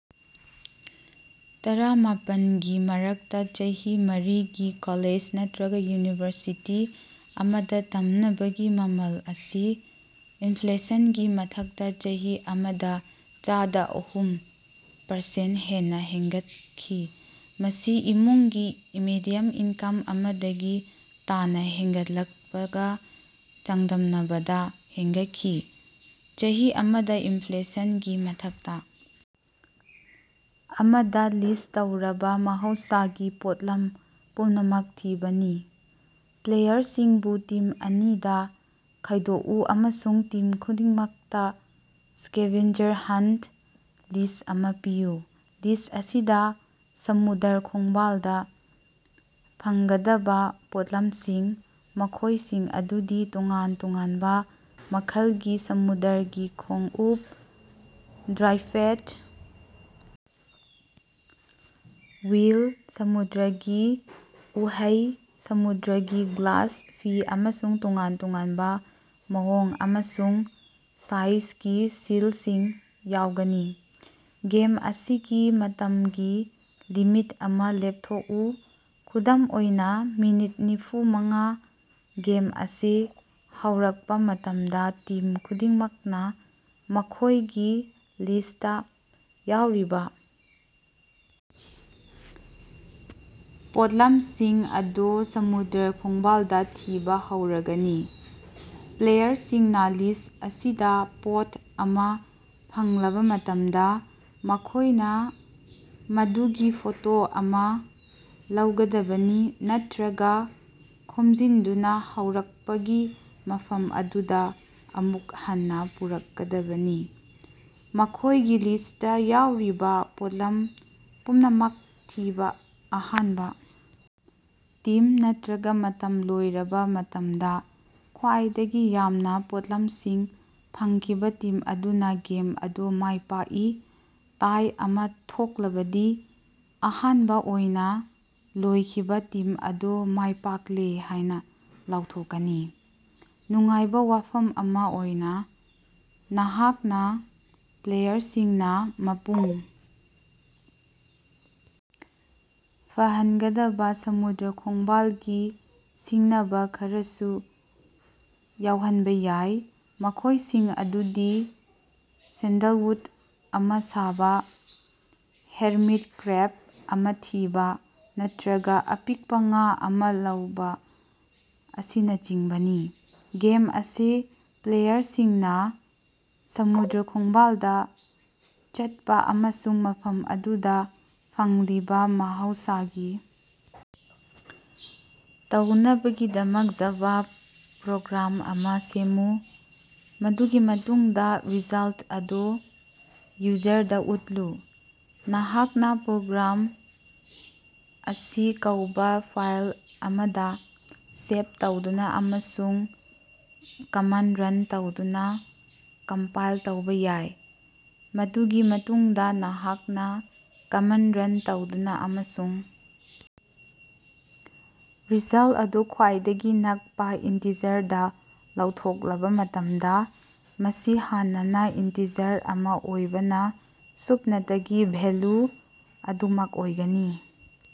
ꯇꯔꯥꯃꯥꯄꯟꯒꯤ ꯃꯔꯛꯇꯥ ꯆꯍꯤ ꯃꯔꯤꯒꯤ ꯀꯣꯂꯦꯖ ꯅꯠꯇ꯭ꯔꯒꯥ ꯌꯨꯅꯤꯚꯔꯁꯤꯇꯤ ꯑꯃꯗꯥ ꯇꯝꯅꯕꯒꯤ ꯃꯃꯜ ꯑꯁꯤ ꯏꯟꯐ꯭ꯂꯦꯁꯟꯒꯤ ꯃꯊꯛꯇꯥ ꯆꯍꯤ ꯑꯃꯗꯥ ꯆꯗꯥ ꯑꯍꯨꯝ ꯄꯥꯔꯁꯦꯟ ꯍꯦꯟꯅꯥ ꯍꯦꯟꯒꯠꯈꯤ, ꯃꯁꯤ ꯏꯃꯨꯡꯒꯤ ꯃꯦꯗꯤꯌꯝ ꯏꯟꯀꯝ ꯑꯃꯥꯗꯒꯤ ꯇꯥꯅꯥ ꯍꯦꯟꯒꯠꯂꯛꯄꯒꯥ ꯆꯥꯡꯗꯝꯅꯕꯗꯥ ꯍꯦꯟꯒꯠꯈꯤ꯫ ꯆꯍꯤ ꯑꯃꯗꯥ ꯏꯟꯐ꯭ꯂꯦꯁꯟꯒꯤ ꯃꯊꯛꯇꯥ ꯑꯃꯗꯥ ꯂꯤꯁ ꯇꯧꯔꯕꯥ ꯃꯍꯧꯁꯥꯒꯤ ꯄꯣꯠꯂꯝ ꯄꯨꯝꯅꯃꯛ ꯊꯤꯕꯥꯅꯤ꯫ ꯄ꯭ꯂꯦꯌꯔꯁꯤꯡꯕꯨ ꯇꯤꯝ ꯑꯅꯤꯗꯥ ꯈꯥꯏꯗꯣꯛꯎ ꯑꯃꯁꯨꯡ ꯇꯤꯝ ꯈꯨꯗꯤꯡꯃꯛꯇꯥ ꯁ꯭ꯀꯦꯚꯦꯟꯖꯔ ꯍꯟꯇ ꯂꯤꯁ ꯑꯃꯥ ꯄꯤꯌꯨ꯫ ꯂꯤꯁ ꯑꯁꯤꯗꯥ ꯁꯃꯨꯗ꯭ꯔ ꯈꯣꯡꯕꯥꯜꯗꯥ ꯐꯪꯒꯗꯕꯥ ꯄꯣꯠꯂꯝꯁꯤꯡ, ꯃꯈꯣꯏꯁꯤꯡ ꯑꯗꯨꯗꯤ ꯇꯣꯉꯥꯟ ꯇꯣꯉꯥꯟꯕ ꯃꯈꯜꯒꯤ ꯁꯃꯨꯗ꯭ꯔꯒꯤ ꯈꯣꯡꯎꯞ, ꯗ꯭ꯔꯥꯏꯐꯦꯠ ꯋꯤꯜ, ꯁꯃꯨꯗ꯭ꯔꯒꯤ ꯎꯍꯩ, ꯁꯃꯨꯗ꯭ꯔꯒꯤ ꯒ꯭ꯂꯥꯁ, ꯐꯤ, ꯑꯃꯁꯨꯡ ꯇꯣꯉꯥꯟ ꯇꯣꯉꯥꯟꯕ ꯃꯑꯣꯡ ꯑꯃꯁꯨꯡ ꯁꯥꯏꯖꯒꯤ ꯁꯤꯜꯁꯤꯡ ꯌꯥꯎꯒꯅꯤ꯫ ꯒꯦꯝ ꯑꯁꯤꯒꯤ ꯃꯇꯝꯒꯤ ꯂꯤꯃꯤꯠ ꯑꯃꯥ ꯂꯦꯞꯊꯣꯛꯎ, ꯈꯨꯗꯝ ꯑꯣꯏꯅꯥ ꯃꯤꯅꯤꯠ ꯅꯤꯐꯨꯃꯉꯥ ꯒꯦꯝ ꯑꯁꯤ ꯍꯧꯔꯛꯄꯥ ꯃꯇꯝꯗꯥ ꯇꯤꯝ ꯈꯨꯗꯤꯡꯃꯛꯅꯥ ꯃꯈꯣꯏꯒꯤ ꯂꯤꯁꯇꯥ ꯌꯥꯎꯔꯤꯕꯥ ꯄꯣꯠꯂꯝꯁꯤꯡ ꯑꯗꯨ ꯁꯃꯨꯗ꯭ꯔ ꯈꯣꯡꯕꯥꯜꯗꯥ ꯊꯤꯕꯥ ꯍꯧꯔꯒꯅꯤ꯫ ꯄ꯭ꯂꯦꯌꯔꯁꯤꯡꯅꯥ ꯂꯤꯁ ꯑꯁꯤꯗꯥ ꯄꯣꯠ ꯑꯃꯥ ꯐꯪꯂꯕꯥ ꯃꯇꯝꯗꯥ, ꯃꯈꯣꯏꯅꯥ ꯃꯗꯨꯒꯤ ꯐꯣꯇꯣ ꯑꯃꯥ ꯂꯧꯒꯗꯕꯅꯤ ꯅꯠꯇ꯭ꯔꯒꯥ ꯈꯣꯝꯖꯤꯟꯗꯨꯅꯥ ꯍꯧꯔꯛꯄꯒꯤ ꯃꯐꯝ ꯑꯗꯨꯗꯥ ꯑꯃꯨꯛ ꯍꯟꯅꯥ ꯄꯨꯔꯛꯀꯗꯕꯅꯤ꯫ ꯃꯈꯣꯏꯒꯤ ꯂꯤꯁꯇꯥ ꯌꯥꯎꯔꯤꯕꯥ ꯄꯣꯠꯂꯝ ꯄꯨꯝꯅꯃꯛ ꯊꯤꯕꯥ ꯑꯍꯥꯟꯕꯥ ꯇꯤꯝ ꯅꯠꯇ꯭ꯔꯒꯥ ꯃꯇꯝ ꯂꯣꯏꯔꯕꯥ ꯃꯇꯝꯗꯥ ꯈ꯭ꯋꯥꯏꯗꯒꯤ ꯌꯥꯝꯅꯥ ꯄꯣꯠꯂꯝꯁꯤꯡ ꯐꯪꯈꯤꯕꯥ ꯇꯤꯝ ꯑꯗꯨꯅꯥ ꯒꯦꯝ ꯑꯗꯨ ꯃꯥꯏ ꯄꯥꯛꯏ꯫ ꯇꯥꯏ ꯑꯃꯥ ꯊꯣꯛꯂꯕꯗꯤ ꯑꯍꯥꯟꯕꯥ ꯑꯣꯏꯅꯥ ꯂꯣꯏꯈꯤꯕꯥ ꯇꯤꯝ ꯑꯗꯨ ꯃꯥꯏꯄꯥꯛꯂꯦ ꯍꯥꯏꯅꯥ ꯂꯥꯎꯊꯣꯛꯀꯅꯤ꯫ ꯅꯨꯡꯉꯥꯏꯕꯥ ꯋꯥꯐꯝ ꯑꯃꯥ ꯑꯣꯏꯅꯥ, ꯅꯍꯥꯛꯅꯥ ꯄ꯭ꯂꯦꯌꯔꯁꯤꯡꯅꯥ ꯃꯄꯨꯡ ꯐꯥꯍꯟꯒꯗꯕꯥ ꯁꯃꯨꯗ꯭ꯔ ꯈꯣꯡꯕꯥꯜꯒꯤ ꯁꯤꯡꯅꯕꯥ ꯈꯔꯁꯨ ꯌꯥꯎꯍꯟꯕꯥ ꯌꯥꯏ, ꯃꯈꯣꯏꯁꯤꯡ ꯑꯗꯨꯗꯤ ꯁꯦꯟꯗꯜꯋꯨꯠ ꯑꯃꯥ ꯁꯥꯕꯥ, ꯍꯦꯔꯃꯤꯠ ꯀ꯭ꯔꯦꯕ ꯑꯃꯥ ꯊꯤꯕꯥ, ꯅꯠꯇ꯭ꯔꯒꯥ ꯑꯄꯤꯛꯄꯥ ꯉꯥ ꯑꯃꯥ ꯂꯧꯕꯥ ꯑꯁꯤꯅꯆꯤꯡꯕꯅꯤ꯫ ꯒꯦꯝ ꯑꯁꯤ ꯄ꯭ꯂꯦꯌꯔꯁꯤꯡꯅꯥ ꯁꯃꯨꯗ꯭ꯔ ꯈꯣꯡꯕꯥꯜꯗꯥ ꯆꯠꯄꯥ ꯑꯃꯁꯨꯡ ꯃꯐꯝ ꯑꯗꯨꯗꯥ ꯐꯪꯂꯤꯕꯥ ꯃꯍꯧꯁꯥꯒꯤ ꯇꯧꯅꯕꯒꯤꯗꯃꯛ ꯖꯥꯚꯥ ꯄ꯭ꯔꯣꯒ꯭ꯔꯥꯝ ꯑꯃꯥ ꯁꯦꯝꯃꯨ꯫ ꯃꯗꯨꯒꯤ ꯃꯇꯨꯡꯗꯥ ꯔꯤꯖꯜꯇ ꯑꯗꯨ ꯌꯨꯖꯔꯗꯥ ꯎꯠꯂꯨ꯫ ꯅꯍꯥꯛꯅꯥ ꯄ꯭ꯔꯣꯒ꯭ꯔꯥꯝ ꯑꯁꯤ ꯀꯧꯕꯥ ꯐꯥꯏꯜ ꯑꯃꯗꯥ ꯁꯦꯞ ꯇꯧꯗꯨꯅꯥ ꯑꯃꯁꯨꯡ ꯀꯃꯥꯟꯗ ꯔꯟ ꯇꯧꯗꯨꯅꯥ ꯀꯝꯄꯥꯏꯜ ꯇꯧꯕꯥ ꯌꯥꯏ꯫ ꯃꯗꯨꯒꯤ ꯃꯇꯨꯡꯗꯥ ꯅꯍꯥꯛꯅꯥ ꯀꯃꯥꯟꯗ ꯔꯟ ꯇꯧꯗꯨꯅꯥ ꯑꯃꯁꯨꯡ ꯔꯤꯖꯜꯇ ꯑꯗꯨ ꯈ꯭ꯋꯥꯏꯗꯒꯤ ꯅꯛꯄꯥ ꯏꯟꯇꯤꯖꯔꯗꯥ ꯂꯥꯎꯊꯣꯛꯂꯕꯥ ꯃꯇꯝꯗꯥ, ꯃꯁꯤ ꯍꯥꯟꯅꯅꯥ ꯏꯟꯇꯤꯖꯔ ꯑꯃꯥ ꯑꯣꯏꯕꯅꯥ ꯁꯨꯞꯅꯇꯒꯤ ꯚꯦꯜꯂꯨ ꯑꯗꯨꯃꯛ ꯑꯣꯏꯒꯅꯤ꯫